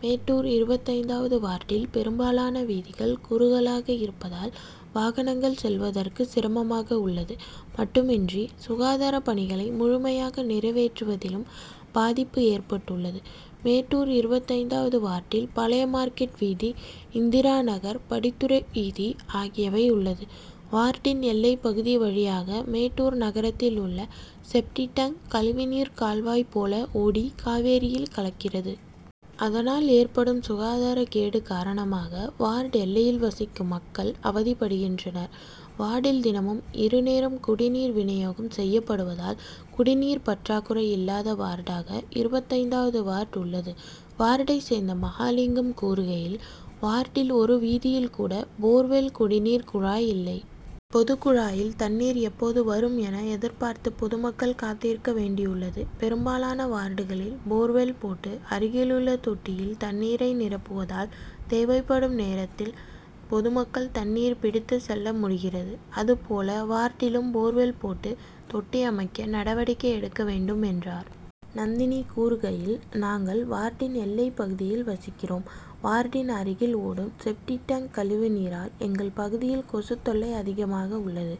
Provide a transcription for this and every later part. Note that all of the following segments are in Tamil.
மேட்டூர் இருபத்தைந்தாவது வார்டில் பெரும்பாலான வீதிகள் குறுகலாக இருப்பதால் வாகனங்கள் செல்வதற்கு சிரமமாக உள்ளது மட்டுமின்றி சுகாதார பணிகளை முழுமையாக நிறைவேற்றுவதிலும் பாதிப்பு ஏற்பட்டுள்ளது. மேட்டூர் இருபத்தைந்தாவது வார்டில் பழைய மார்க்கெட் வீதி, இந்திரா நகர், படித்துறை வீதி ஆகியவை உள்ளது. வார்டின் எல்லைப்பகுதி வழியாக மேட்டூர் நகரத்தில் உள்ள செப்டிக்-டேங்க் கழிவுநீர் கால்வாய் போல ஓடி காவிரியில் கலக்கிறது. அதனால், ஏற்படும் சுகாதார கேடு காரணமாக வார்டு எல்லையில் வசிக்கும் மக்கள் அவதிப்படுகின்றனர். வார்டில் தினமும் இருநேரம் குடிநீர் விநியோகம் செய்யப்படுவதால், குடிநீர் பற்றாக்குறை இல்லாத வார்டாக இருபத்தைந்தாவது வார்டு உள்ளது. வார்டை சேர்ந்த மகாலிங்கம் கூறுகையில், வார்டில் ஒரு வீதியில் கூட போர்வெல் குடிநீர் குழாய் இல்லை. பொதுகுழாயில் தண்ணீர் எப்போது வரும் என எதிர்பார்த்து பொதுமக்கள் காத்திருக்க வேண்டியுள்ளது. பெரும்பாலான வார்டுகளில் போர்வெல் போட்டு, அருகிலுள்ள தொட்டியில் தண்ணீரை நிரப்புவதால், தேவைப்படும் நேரத்தில் பொதுமக்கள் தண்ணீர் பிடித்து செல்ல முடிகிறது. அதுபோல வார்டிலும் போர்வெல் போட்டு தொட்டி அமைக்க நடவடிக்கை எடுக்க வேண்டும், என்றார். நந்தினி கூறுகையில், நாங்கள் வார்டின் எல்லைப்பகுதியில் வசிக்கிறோம். வார்டின் அருகில் ஓடும் செப்டிக்-டேங்க் கழிவுநீரால் எங்கள் பகுதியில் கொசுத்தொல்லை அதிகமாக உள்ளது.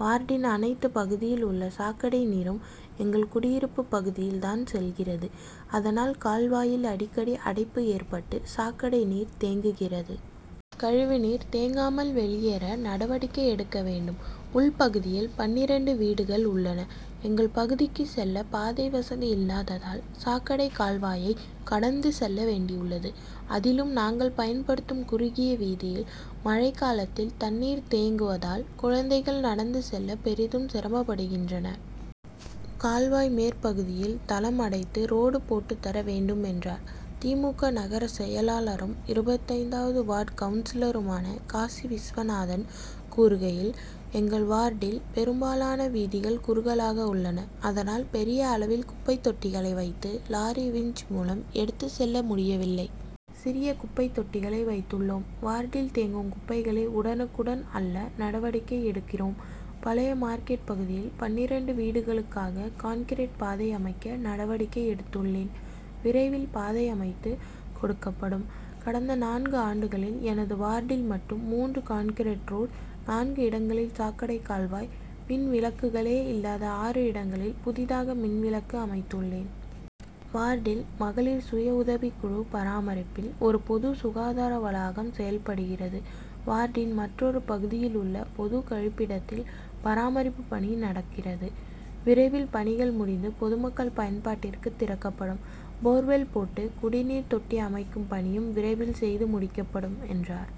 வார்டின் அனைத்து பகுதியில் உள்ள சாக்கடை நீரும் எங்கள் குடியிருப்பு பகுதியில் தான் செல்கிறது. அதனால், கால்வாயில் அடிக்கடி அடைப்பு ஏற்பட்டு சாக்கடை நீர் தேங்குகிறது. கழிவுநீர் தேங்காமல் வெளியேற நடவடிக்கை எடுக்க வேண்டும், உள்பகுதியில் பன்னிரண்டு வீடுகள் உள்ளன. எங்கள் பகுதிக்கு செல்ல பாதை வசதி இல்லாததால், சாக்கடை கால்வாயை கடந்து செல்ல வேண்டியுள்ளது. அதிலும் நாங்கள் பயன்படுத்தும் குறுகிய வீதியில் மழைக்காலத்தில் தண்ணீர் தேங்குவதால் குழந்தைகள் நடந்து செல்ல பெரிதும் சிரமப்படுகின்றனர். கால்வாய் மேற்பகுதியில் தளம் அடைத்து ரோடு போட்டு தர வேண்டும், என்றார். தி. மு. க., நகர செயலாளரும், இருபத்தைந்தாவது வார்டு கவுன்சிலருமான காசி விஸ்வநாதன் கூறுகையில், எங்கள் வார்டில் பெரும்பாலான வீதிகள் குறுகலாக உள்ளன. அதனால், பெரிய அளவில் குப்பை தொட்டிகளை வைத்து லாரி விஞ்ச் மூலம் எடுத்து செல்ல முடியவில்லை. சிறிய குப்பை தொட்டிகளை வைத்துள்ளோம். வார்டில் தேங்கும் குப்பைகளையும் உடனுக்குடன் அள்ள நடவடிக்கை எடுக்கிறோம். பழைய மார்க்கெட் பகுதியில் பன்னிரண்டு வீடுகளுக்காக கான்கிரீட் பாதை அமைக்க நடவடிக்கை எடுத்துள்ளேன். விரைவில் பாதை அமைத்து கொடுக்கப்படும். கடந்த நான்கு ஆண்டுகளில் எனது வார்டில் மட்டும் மூன்று கான்கிரீட் ரோடு, நான்கு இடங்களில் சாக்கடை கால்வாய், மின் விளக்குகளே இல்லாத ஆறு இடங்களில் புதிதாக மின்விளக்கு அமைத்துள்ளேன். வார்டில் மகளிர் சுய உதவி குழு பராமரிப்பில் ஒரு பொது சுகாதார வளாகம் செயல்படுகிறது. வார்டின் மற்றொரு பகுதியில் உள்ள பொதுகழிப்பிடத்தில் பராமரிப்பு பணி நடக்கிறது. விரைவில் பணிகள் முடிந்து பொதுமக்கள் பயன்பாட்டிற்கு திறக்கப்படும். போர்வெல் போட்டு குடிநீர் தொட்டி அமைக்கும் பணியும் விரைவில் செய்து முடிக்கப்படும், என்றார்.